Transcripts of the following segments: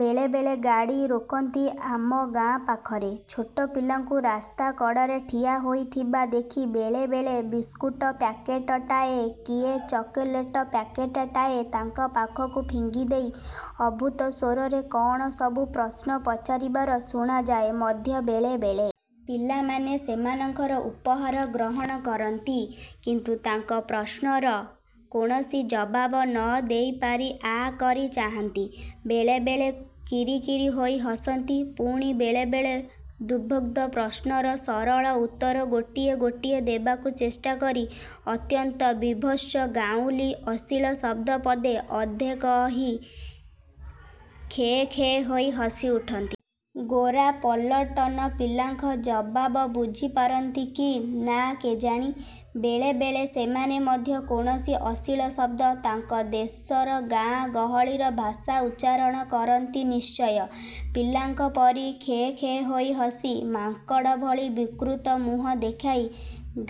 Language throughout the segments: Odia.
ବେଳେ ବେଳେ ଗାଡ଼ି ରୋକନ୍ତି ଆମ ଗାଁ ପାଖରେ। ଛୋଟ ପିଲାଙ୍କୁ ରାସ୍ତା କଡ଼ରେ ଠିଆ ହୋଇଥିବା ଦେଖି ବେଳେ ବେଳେ ବିସ୍କୁଟ ପ୍ୟାକେଟଟାଏ କି ଚକୋଲେଟ ପ୍ୟାକେଟଟାଏ ତାଙ୍କ ପାଖକୁ ଫିଙ୍ଗିଦେଇ ଅଦ୍ଭୁତ ସ୍ୱରରେ କଣ ସବୁ ପ୍ରଶ୍ନ ପଚାରିବାର ଶୁଣାଯାଏ ମଧ୍ୟ ବେଳେ ବେଳେ। ପିଲାମାନେ ସେମାନଙ୍କର ଉପହାର ଗ୍ରହଣ କରନ୍ତି। କିନ୍ତୁ ତାଙ୍କ ପ୍ରଶ୍ନର କୌଣସି ଜବାବ ନ ଦେଇପାରି ଆଁ କରି ଚାହାନ୍ତି। ବେଳେ ବେଳେ କିରିକିରି ହୋଇ ହସନ୍ତି। ପୁଣି ବେଳେ ବେଳେ ଦୁର୍ବୋଧ୍ୟ ପ୍ରଶ୍ନର ସରଳ ଉତ୍ତର ଗୋଟିଏ ଗୋଟିଏ ଦେବାକୁ ଚେଷ୍ଟା କରି ଅତ୍ୟନ୍ତ ବୀଭତ୍ସ ଗାଉଁଲୀ ଅଶ୍ଳୀଳ ଶବ୍ଦ ପଦେ ଅଧେ କହି ଖେଁ ଖେଁ ହୋଇ ହସିଉଠନ୍ତି। ଗୋରା ପଲଟନ ପିଲାଙ୍କ ଜବାବ ବୁଝିପାରନ୍ତି କି ନା କେଜାଣି। ବେଳେ ବେଳେ ସେମାନେ ମଧ୍ୟ କୌଣସି ଅଶ୍ଳୀଳ ଶବ୍ଦ, ତାଙ୍କ ଦେଶର ଗାଁ ଗହଳିର ଭାଷା ଉଚ୍ଚାରଣ କରନ୍ତି ନିଶ୍ଚୟ। ପିଲାଙ୍କ ପରି ଖେଁ ଖେଁ ହୋଇ ହସି, ମାଙ୍କଡ଼ ଭଳି ବିକୃତ ମୁହଁ ଦେଖେଇ,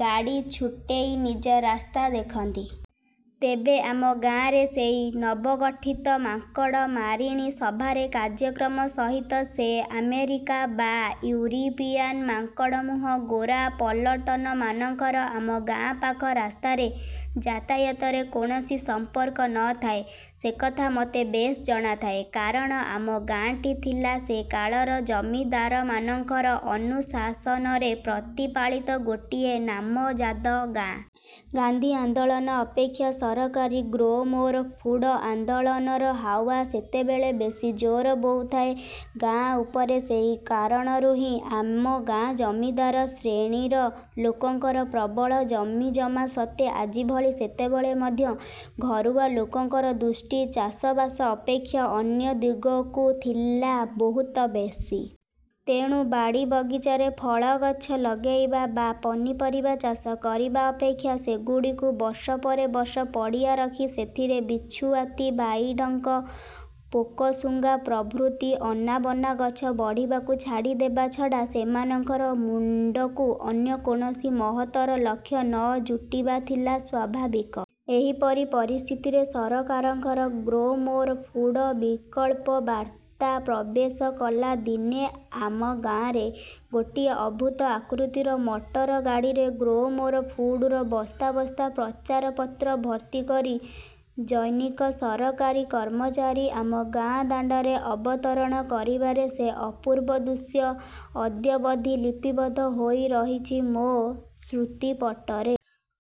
ଗାଡ଼ି ଛୁଟେଇ ନିଜ ରାସ୍ତା ଦେଖନ୍ତି। ତେବେ ଆମ ଗାଁରେ ସେଇ ନବଗଠିତ ମାଙ୍କଡ଼ମାରିଣୀ ସଭାର କାର୍ଯ୍ୟକ୍ରମ ସହିତ ସେ ଆମେରିକାନ ବା ୟୁରୋପିଆନ ମାଙ୍କଡ଼ମୁହାଁ ଗୋରା ପଲଟନମାନଙ୍କର ଆମ ଗାଁ ପାଖ ରାସ୍ତାରେ ଯାତାୟାତରେ କୌଣସି ସମ୍ପର୍କ ନ ଥାଏ, ସେକଥା ମତେ ବେଶ୍ ଜଣାଥାଏ। କାରଣ ଆମ ଗାଁଟି ଥିଲା ସେ କାଳର ଜମିଦାରମାନଙ୍କର ଅନୁଶାସନରେ ପ୍ରତିପାଳିତ ଗୋଟିଏ ନାମଜାଦା ଗାଁ। ଗାନ୍ଧୀ ଆନ୍ଦୋଳନ ଅପେକ୍ଷା ସରକାରୀ ଗ୍ରୋ ମୋର ଫୁଡ ଆନ୍ଦୋଳନର ହାୱା ସେତେବେଳେ ବେଶି ଜୋର ବହୁଥାଏ ଗାଁ ଉପରେ ସେହି କାରଣରୁ ହିଁ। ଆମ ଗାଁର ଜମିଦାର ଶ୍ରେଣୀର ଲୋକଙ୍କର ପ୍ରବଳ ଜମିଜମା ସତ୍ତ୍ୱେ ଆଜି ଭଳି ସେତେବେଳେ ମଧ୍ୟ ଘରୁଆ ଲୋକଙ୍କର ଦୃଷ୍ଟି ଚାଷବାସ ଅପେକ୍ଷା ଅନ୍ୟ ଦିଗକୁ ଥିଲା ବହୁତ ବେଶି। ତେଣୁ ବାଡ଼ିବଗିଚାରେ ଫଳଗଛ ଲଗେଇବା ବା ପନିପରିବା ଚାଷ କରିବା ଅପେକ୍ଷା ସେଗୁଡ଼ିକୁ ବର୍ଷ ପରେ ବର୍ଷ ପଡ଼ିଆ ରଖି ସେଥିରେ ବିଛୁଆତି, ବାଇଡ଼ଙ୍କ, ପୋକଶୁଙ୍ଗା ପ୍ରଭୃତି ଅନାବନା ଗଛ ବଢ଼ିବାକୁ ଛାଡ଼ିଦେବା ଛଡ଼ା ସେମାନଙ୍କ ମୁଣ୍ଡକୁ ଅନ୍ୟ କୌଣସି ମହତ୍ତର ଲକ୍ଷ୍ୟ ନ ଯୁଟିବା ଥିଲା ସ୍ୱାଭାବିକ। ଏହିପରି ପରିସ୍ଥିତିରେ ସରକାରଙ୍କର ଗ୍ରୋ ମୋର ଫୁଡ ବିପ୍ଳବ ବାର୍ତ୍ତା ପ୍ରବେଶ କଲା ଦିନେ ଆମ ଗାଁରେ। ଗୋଟିଏ ଅଦ୍ଭୁତ ଆକୃତିର ମଟରଗାଡ଼ିରେ ଗ୍ରୋ ମୋର ଫୁଡର ବସ୍ତା ବସ୍ତା ପ୍ରଚାରପତ୍ର ଭର୍ତ୍ତି କରି ଜନୈକ ସରକାରୀ କର୍ମଚାରୀ ଆମ ଗାଁ ଦାଣ୍ଡରେ ଅବତରଣ କରିବାର ସେ ଅପୂର୍ବ ଦୃଶ୍ୟ ଅଦ୍ୟାବଧି ଲିପିବଦ୍ଧ ହୋଇ ରହିଛି ମୋ ସ୍ମୃତିପଟରେ।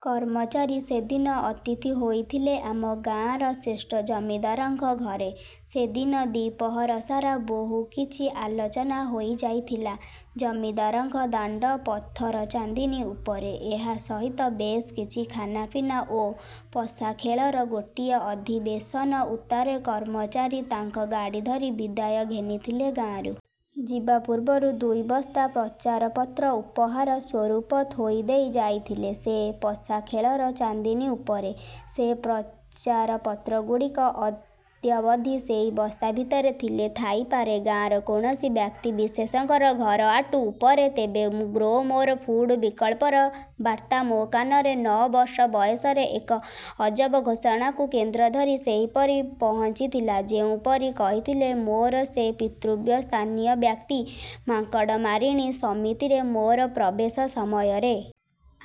କର୍ମଚାରୀ ସେଦିନ ଅତିଥି ହୋଇଥିଲେ ଆମ ଗାଁର ଶ୍ରେଷ୍ଠ ଜମିଦାରଙ୍କ ଘରେ। ସେଦିନ ଦ୍ୱିପ୍ରହର ସାରା ବହୁ କିଛି ଆଲୋଚନା ହୋଇଯାଇଥିଲା ଜମିଦାରଙ୍କ ଦାଣ୍ଡ ପଥରଚାନ୍ଦିନୀ ଉପରେ। ଏହା ସହିତ ବେଶ୍ କିଛି ଖାନାପିନା ଓ ପଶାଖେଳର ଗୋଟିଏ ଅଧିବେଶନ ଉତ୍ତାରେ କର୍ମଚାରୀ ତାଙ୍କ ଗାଡ଼ି ଧରି ବିଦାୟ ଘେନିଥିଲେ ଗାଁରୁ। ଯିବା ପୂର୍ବରୁ ଦୁଇ ବସ୍ତା ପ୍ରଚାରପତ୍ର ଉପହାର ସ୍ୱରୂପ ଥୋଇଦେଇ ଯାଇଥିଲେ ସେ ପଶାଖେଳର ଚାନ୍ଦିନୀ ଉପରେ। ସେ ପ୍ରଚାରପତ୍ରଗୁଡ଼ିକ ଅଦ୍ୟାବଧି ସେଇ ବସ୍ତା ଭିତରେ ଥିଲେ ଥାଇପାରେ ଗାଁର କୌଣସି ବ୍ୟକ୍ତିବିଶେଷଙ୍କ ଘର ଆଟୁ ଉପରେ। ତେବେ ଗ୍ରୋ ମୋର ଫୁଡ ବିପ୍ଳବର ବାର୍ତ୍ତା ମୋ କାନରେ, ନଅ ବର୍ଷ ବୟସରେ, ଏକ ଅଜବ ଘୋଷଣାକୁ କେନ୍ଦ୍ର କରି ସେହିପରି ପହଞ୍ଚିଥିଲା ଯେଉଁପରି କହିଥିଲେ ମୋର ସେ ପିତୃବ୍ୟ ସ୍ଥାନୀୟ ବ୍ୟକ୍ତି, ମାଙ୍କଡ଼ମାରିଣୀ ସମିତିରେ ମୋର ପ୍ରବେଶ ସମୟରେ।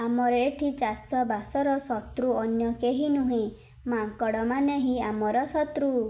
ଆମର ଏଠି ଚାଷବାସର ଶତ୍ରୁ ଅନ୍ୟ କେହି ନୁହେଁ, ମାଙ୍କଡ଼ମାନେ ହିଁ ଆମର ଶତ୍ରୁ।